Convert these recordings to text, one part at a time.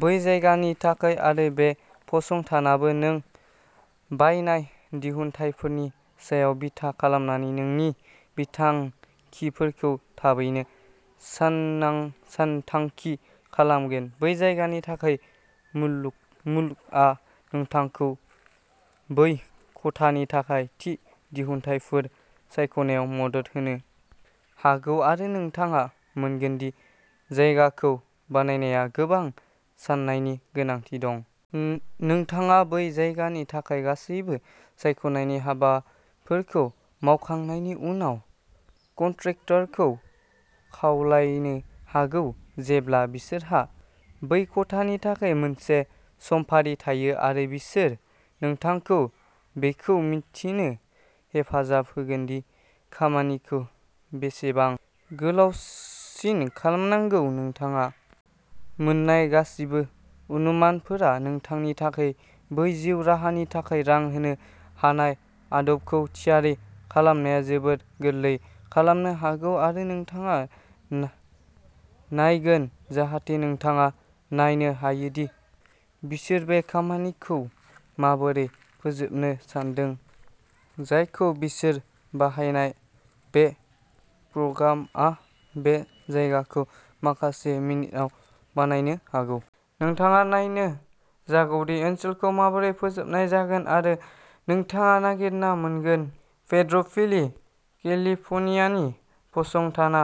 बै जायगानि थाखाय, आरो बे फसंथानाबो नों बायनाय दिहुनथायफोरनि सायाव बिथा खालामनानै नोंनि बिथांखिफोरखौ थाबैनो सानथांखि खालामगोन। बै जायगानि थाखाय लुकआ नोंथांखौ बै खथानि थाखाय थि दिहुनथायफोर सायख'नायाव मदद होनो हागौ, आरो नोंथाङा मोनगोन दि जायगाखौ बानायनाया गोबां साननायनि गोनांथि दं। नोंथाङा बै जायगानि थाखाय गासैबो सायख'नायनि हाबाफोरखौ मावखांनायनि उनाव कन्ट्राक्टरखौ खावलायनो हागौ, जेब्ला बिसोरहा बै खथानि थाखाय मोनसे समफारि थायो, आरो बिसोर नोंथांखौ बेखौ मिन्थिनो हेफाजाब होगोन दि खामानिखौ बेसेबां गोलावसिन खालामनांगौ। नोंथाङा मोन्नाय गासिबो अनुमानफोरा नोंथांनि थाखाय बै जिउ राहानि थाखाय रां होनो हानाय आदबखौ थियारि खालामनाया जोबोद गोरलै खालामनो हागौ, आरो नोंथाङा नायगोन जाहाथे नोंथाङा नायनो हायो दि बिसोर बे खामानिखौ माबोरै फोजोबनो सानदों, जायखौ बिसोर बाहायनाय बे प्रग्रामआ बे जायगाखौ माखासे मिनिटआव बानायनो हागौ। नोंथाङा नायनो जागौ दि ओनसोलखौ माबोरै फोजोबनाय जागोन, आरो नोंथाङा नागिरना मोनगोन। पेद्र'भेलि, केलिफर्नियानि फसंथाना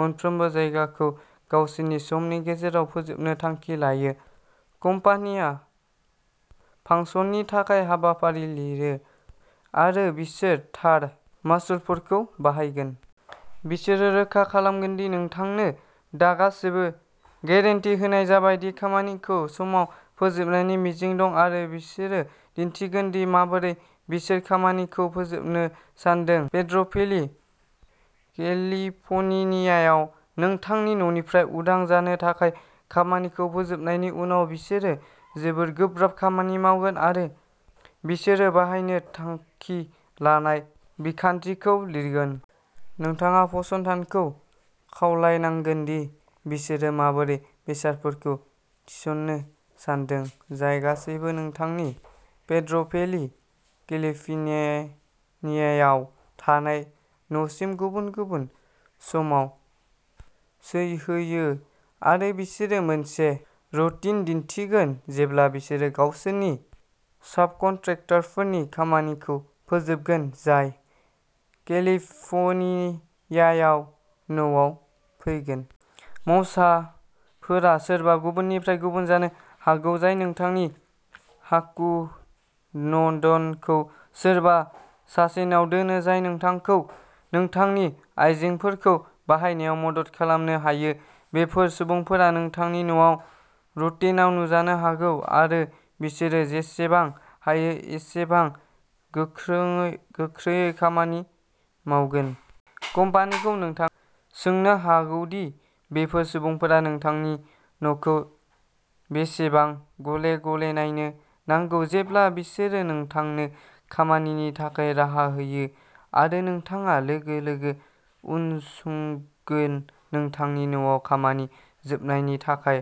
मोनफ्रोमबो जायगाखौ गावसोरनि समनि गेजेराव फोजोबनो थांखि लायो। कम्पानिया फांसननि थाखाय हाबाफारि लिरो, आरो बिसोर थार मासुलफोरखौ बाहायगोन। बिसोरो रोखा खालामगोन दि नोंथांनो दा गासैबो गेरेन्टि होनाय जाबाय दि खामानिखौ समाव फोजोबनायनि मिजिं दं, आरो बिसोरो दिन्थिगोन दि माबोरै बिसोर खामानिखौ फोजोबनो सानदों। पेद्र'भेलि, केलिफर्नियायाव नोंथांनि न'निफ्राय उदां जानो थाखाय खामानिखौ फोजोबनायनि उनाव बिसोरो जोबोद गोब्राब खामानि मावगोन, आरो बिसोरो बाहायनो थांखि लानाय बिखान्थिखौ लिरगोन। नोंथाङा फसंथानखौ खावलायनांगोन दि बिसोरो माबोरै बेसादफोरखौ थिसननो सानदों, जाय गासैबो नोंथांनि पेद्र'भेलि, केलिफर्नियायाव थानाय न'सिम गुबुन-गुबुन समाव सौहैयो, आरो बिसोरो मोनसे रुटिन दिन्थिगोन जेब्ला बिसोरो गावसोरनि साबकन्ट्रेक्टरफोरनि खामानिखौ फोजोबगोन, जाय केलिफर्नियायाव न'आव फैगोन। मावसाफोरा सोरबा गुबुननिफ्राय गुबुन जानो हागौ। जाय नोंथांनि हार्डवुडखौ सोरबा सासेनाव दोनो जाय नोंथांखौ नोंथांनि आयजेंफोरखौ बाहायनायाव मदद खालामनो हायो। बेफोर सुबुंफोरा नोंथांनि न'आव रुटिनआव नुजानो हागौ, आरो बिसोरो जेसेबां हायो एसेबां गोख्रै खामानि मावगोन। कम्पानिखौ नोंथाङा सोंनो हागौ दि बेफोर सुबुंफोरा नोंथांनि न'खौ बेसेबां गले-गले नायनो नांगौ, जेब्ला बिसोरो नोंथांनो खामानिनि थाखाय राहा होयो आरो नोंथाङा लोगो-लोगो उनसंगोन। नोंथांनि न'आव खामानि फोजोबनायनि थाखाय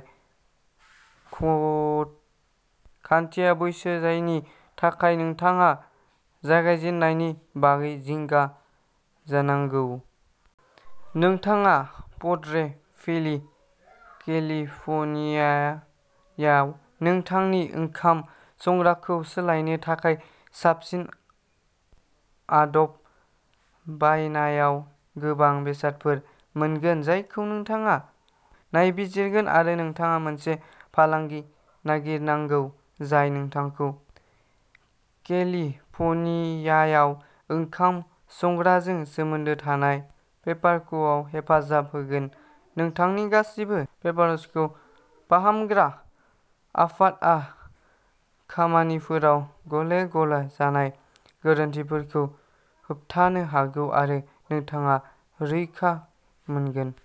खान्थिया बैसो जायनि थाखाय नोंथाङा जागायजेन्नायनि बागै जिंगा जानांगौ। नोंथाङा पेद्र'भेलि, केलिफर्नियायाव नोंथांनि ओंखाम संग्राखौ सोलायनो थाखाय साबसिन आदब बायनायाव गोबां बेसादफोर मोनगोन जायखौ नोंथाङा नायबिजिरगोन, आरो नोंथाङा मोनसे फालांगि नागिरनांगौ जाय नोंथांखौ केलिफर्नियायाव ओंखाम संग्राजों सोमोन्दो थानाय पेपारवर्कआव हेफाजाब होगोन। नोंथांनि गासिबो पेपारवर्कखौ फाहामग्रा आफादआ खामानिफोराव गले-गले जानाय गोरोन्थिफोरखौ होबथानो हागौ, आरो नोंथाङा रैखा मोनगोन।